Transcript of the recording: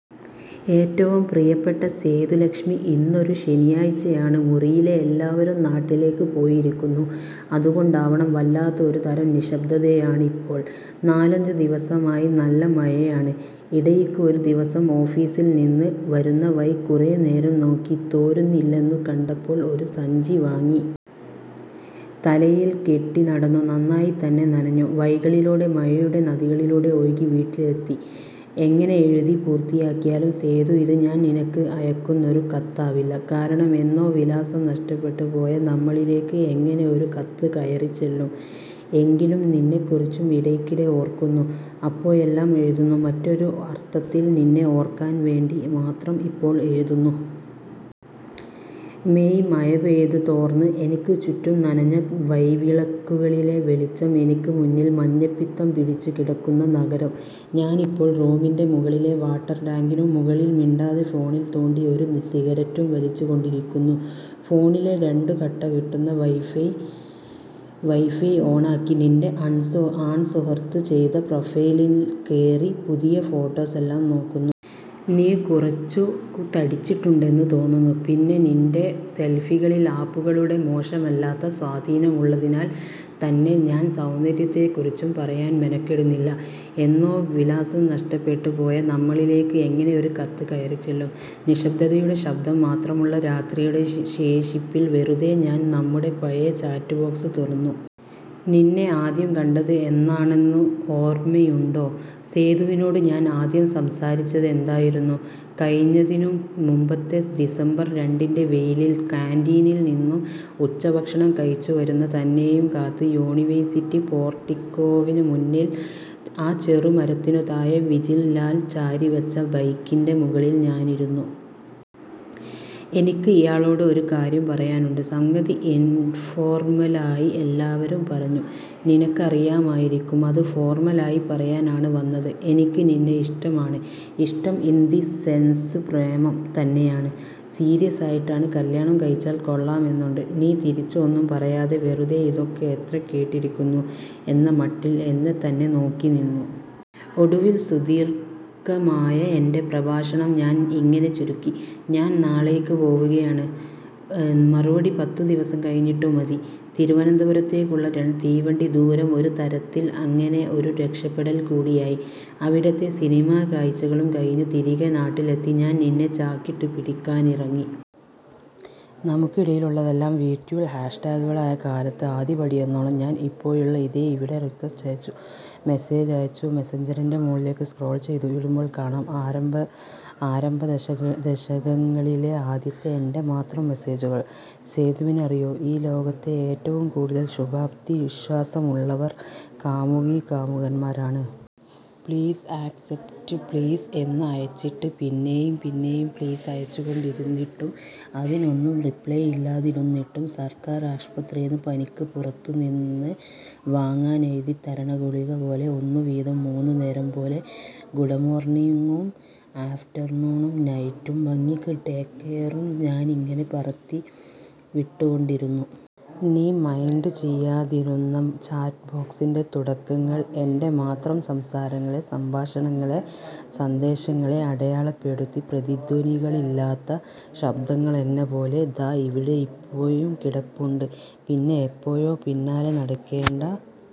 ഏറ്റവും പ്രിയപ്പെട്ട സേതുലക്ഷ്മി, ഇന്നൊരു ശനിയാഴ്ചയാണ്. മുറിയിലെ എല്ലാവരും നാട്ടിലേക്ക് പോയിരിക്കുന്നു. അതുകൊണ്ടാവണം വല്ലാത്ത ഒരുതരം നിശബ്ദതയാണിപ്പോൾ. നാലഞ്ചു ദിവസമായി നല്ല മഴയാണ്. ഇടയ്ക്ക് ഒരു ദിവസം ഓഫീസില്‍ നിന്ന് വരുന്ന വഴി കുറെ നേരം നോക്കി. തോരുന്നില്ലെന്നു കണ്ടപ്പോള്‍ ഒരു സഞ്ചി വാങ്ങി. തലയില്‍ കെട്ടി നടന്നു. നന്നായിത്തന്നെ നനഞ്ഞു. വഴികളിലൂടെ, മഴയുടെ നദികളിലൂടെ ഒഴുകി വീട്ടിലെത്തി. എങ്ങനെ എഴുതി പൂര്‍ത്തിയാക്കിയാലും സേതു. ഇത് ഞാന്‍ നിനക്ക് അയക്കുന്നൊരു കത്താവില്ല. കാരണം എന്നോ വിലാസം നഷ്ടപ്പെട്ട് പോയ നമ്മളിലേക്ക് എങ്ങനെ ഒരു കത്ത് കയറിച്ചെല്ലും? എങ്കിലും നിന്നെക്കുറിച്ചു ഇടയ്ക്കിടെ ഓര്‍ക്കുന്നു, അപ്പോഴെല്ലാം എഴുതുന്നു, മറ്റൊരുഅർത്തത്തിൽ നിന്നെ ഓര്‍ക്കാന്‍ വേണ്ടി മാത്രം ഇപ്പോള്‍ എഴുതുന്നു. മേയ് മഴ പെയ്ത് തോര്‍ന്ന് എനിക്ക് ചുറ്റും, നനഞ്ഞ വഴിവിളക്കുകളിലെ വെളിച്ചം. എനിക്ക് മുന്നില്‍ മഞ്ഞപ്പിത്തം പിടിച്ചു കിടക്കുന്ന നഗരം. ഞാനിപ്പോൾ റൂമിന്റെ മുകളിലെ വാട്ടര്‍ ടാങ്കിനും മുകളില്‍ മിണ്ടാതെ ഫോണില്‍ തോണ്ടി ഒരു സിഗരറ്റും വലിച്ചു കൊണ്ടിരിക്കുന്നു. ഫോണിലെ ' രണ്ടു കട്ട ' കിട്ടുന്ന വൈഫൈ ഓണാക്കി നിന്‍റെ ആൺ സുഹൃത്ത് ചെയ്ത പ്രൊഫൈലിൽ കേറി പുതിയ ഫോട്ടോസെല്ലാം നോക്കുന്നു. നീ കുറച്ചു തടിച്ചിട്ടുണ്ടെന്നു തോന്നുന്നു. പിന്നെ നിന്‍റെ സെൽഫികളിൽ ആപ്പുകളുടെ മോശമല്ലാത്ത സ്വാധീനമുള്ളതിനാൽ തന്നെ ഞാന്‍ സൗന്ദര്യത്തെക്കുറിച്ചു പറയാന്‍ മെനക്കെടുന്നില്ല. എന്നോ വിലാസം നഷ്ടപ്പെട്ട് പോയ നമ്മളിലേക്ക് എങ്ങനെ ഒരു കത്ത് കയറിച്ചെല്ലും? നിശ്ശബ്ദതയുടെ ശബ്ദം മാത്രമുള്ള രാത്രിയുടെ ശേഷിപ്പിൽ വെറുതെ ഞാന്‍ നമ്മുടെ പഴയ ചാറ്റ് ബോക്സ് തുറന്നു. നിന്നെ ആദ്യം കണ്ടത് എന്നാണെന്നു ഓര്മ്മയുണ്ടോ? സേതുവിനോട് ഞാന്‍ ആദ്യം സംസാരിച്ചതെന്തായിരുന്നു? കഴിഞ്ഞതിനും മുമ്പത്തെ ഡിസംബര്‍ രണ്ടിന്‍റെ വെയിലില് കാന്‍റീനില്‍ നിന്നും ഉച്ചഭക്ഷണം കഴിച്ചു വരുന്ന തന്നെയും കാത്ത് യൂണിവേഴ്സിറ്റി പോർട്ടിക്കോവിന് മുന്നില്‍, ആ ചെറുമരത്തിനു താഴെ വിജിൽ ലാല്‍ ചാരി വെച്ച ബൈക്കിന്‍റെ മുകളില്‍ ഞാനിരുന്നു. ' എനിക്ക് ഇയാളോട് ഒരു കാര്യം പറയാനുണ്ട്. സംഗതി ഇൻഫോർമലായി എല്ലാവരും പറഞ്ഞു നിനക്കറിയാമായിരിക്കും. അത് ഫോർമലായ് പറയാന്‍ ആണ് വന്നത്. എനിക്ക് നിന്നെ ഇഷ്ടമാണ്. ഇഷ്ടം ഇന്‍ ദി സെന്‍സ് പ്രേമം തന്നെയാണ്. സീരിയസായിട്ടാണ്. കല്യാണം കഴിച്ചാല്‍ കൊള്ളാമെന്നുണ്ട് ' നീ തിരിച്ചൊന്നും പറയാതെ വെറുതേ ' ഇതൊക്കെ എത്ര കേട്ടിരിക്കുന്നു ' എന്ന മട്ടില്‍ എന്നെത്തന്നെ നോക്കി നിന്നു. ഒടുവില്‍ സുദീര്‍ഘമായ എന്‍റെ പ്രഭാഷണം ഞാന്‍ ഇങ്ങനെ ചുരുക്കി: ' ഞാന്‍ നാളെയ്ക്ക് പോവുകയാണ്. മറുപടി പത്തു ദിവസം കഴിഞ്ഞിട്ടു മതി ' തിരുവനന്തപുരത്തേക്കുള്ള തീവണ്ടിദൂരം ഒരു തരത്തില്‍ അങ്ങനെ ഒരു രക്ഷപ്പെടല്‍ കൂടിയായി. അവിടത്തെ സിനിമാ കാഴ്ചകളും കഴിഞ്ഞു തിരികെ നാട്ടിലെത്തി ഞാന്‍ നിന്നെ ചാക്കിട്ടു പിടിക്കാനിറങ്ങി. നമുക്കിടയിലുള്ളതെല്ലാം വീർട്യുൽ ഹാഷ് ടാഗുകളായ കാലത്ത്, ആദ്യപടിയെന്നോണം ഞാന്‍ ഇപ്പോഴുള്ള ഇതേ ഇവിടെ റിക്വസ്റ്റ് അയച്ചു, മെസ്സേജ് അയച്ചു, മെസ്സഞ്ചറിന്റെ മോളിലേക്ക് സ്ക്രോള്‍ ചെയ്തു വിടുമ്പോള്‍ കാണാം ആരംഭദശകങ്ങളിലെ ആദ്യത്തെ എന്‍റെ മാത്രം മെസ്സേജുകള്! സേതുവിനറിയോ ഈ ലോകത്തെ ഏറ്റവും കൂടുതല്‍ ശുഭാപ്തി വിശ്വാസമുള്ളവർ കാമുകികാമുകന്മാരാണ്. ' പ്ലീസ്, ആക്സപ്റ്റ് പ്ലീസ് 'എന്നു അയച്ചിട്ട്, പിന്നെയും പിന്നെയും ' പ്ലീസ് ' അയച്ചു കൊണ്ടിരുന്നിട്ടും അതിനൊന്നും റിപ്ലെ ഇല്ലാതിരുന്നിട്ടും സര്‍ക്കാര്‍ ആശുപത്രീന്ന് പനിക്ക് പുറത്തു നിന്ന് വാങ്ങനെഴുതിത്തരണ ഗുളിക പോലെ ' ഒന്നു വീതം മൂന്നുനേരം ' പോലെ ഗൂഡമോർണിങ്ങും, ആഫ്റ്റർനൂണും, നൈറ്റും ഭംഗിക്ക് ടേക്ക് കെയറും ഞാനിങ്ങനെ പറത്തി വിട്ടുകൊണ്ടിരുന്നു. നീ മൈന്ഡ് ചെയ്യാതിരുന്ന ചാറ്റ് ബോക്സിന്‍റെ തുടക്കങ്ങള്‍, എന്‍റെ മാത്രം സംസാരങ്ങളെ, സംഭാഷണങ്ങളെ, സന്ദേശങ്ങളെ അടയാളപ്പെടുത്തി പ്രതിധ്വനികളില്ലാത്ത ശബ്ദങ്ങളെന്ന പോലെ ദാ ഇവിടെയിപ്പോഴും കിടപ്പുണ്ട്. പിന്നെ എപ്പോഴോ ' പിന്നാലെ നടക്കേണ്ട.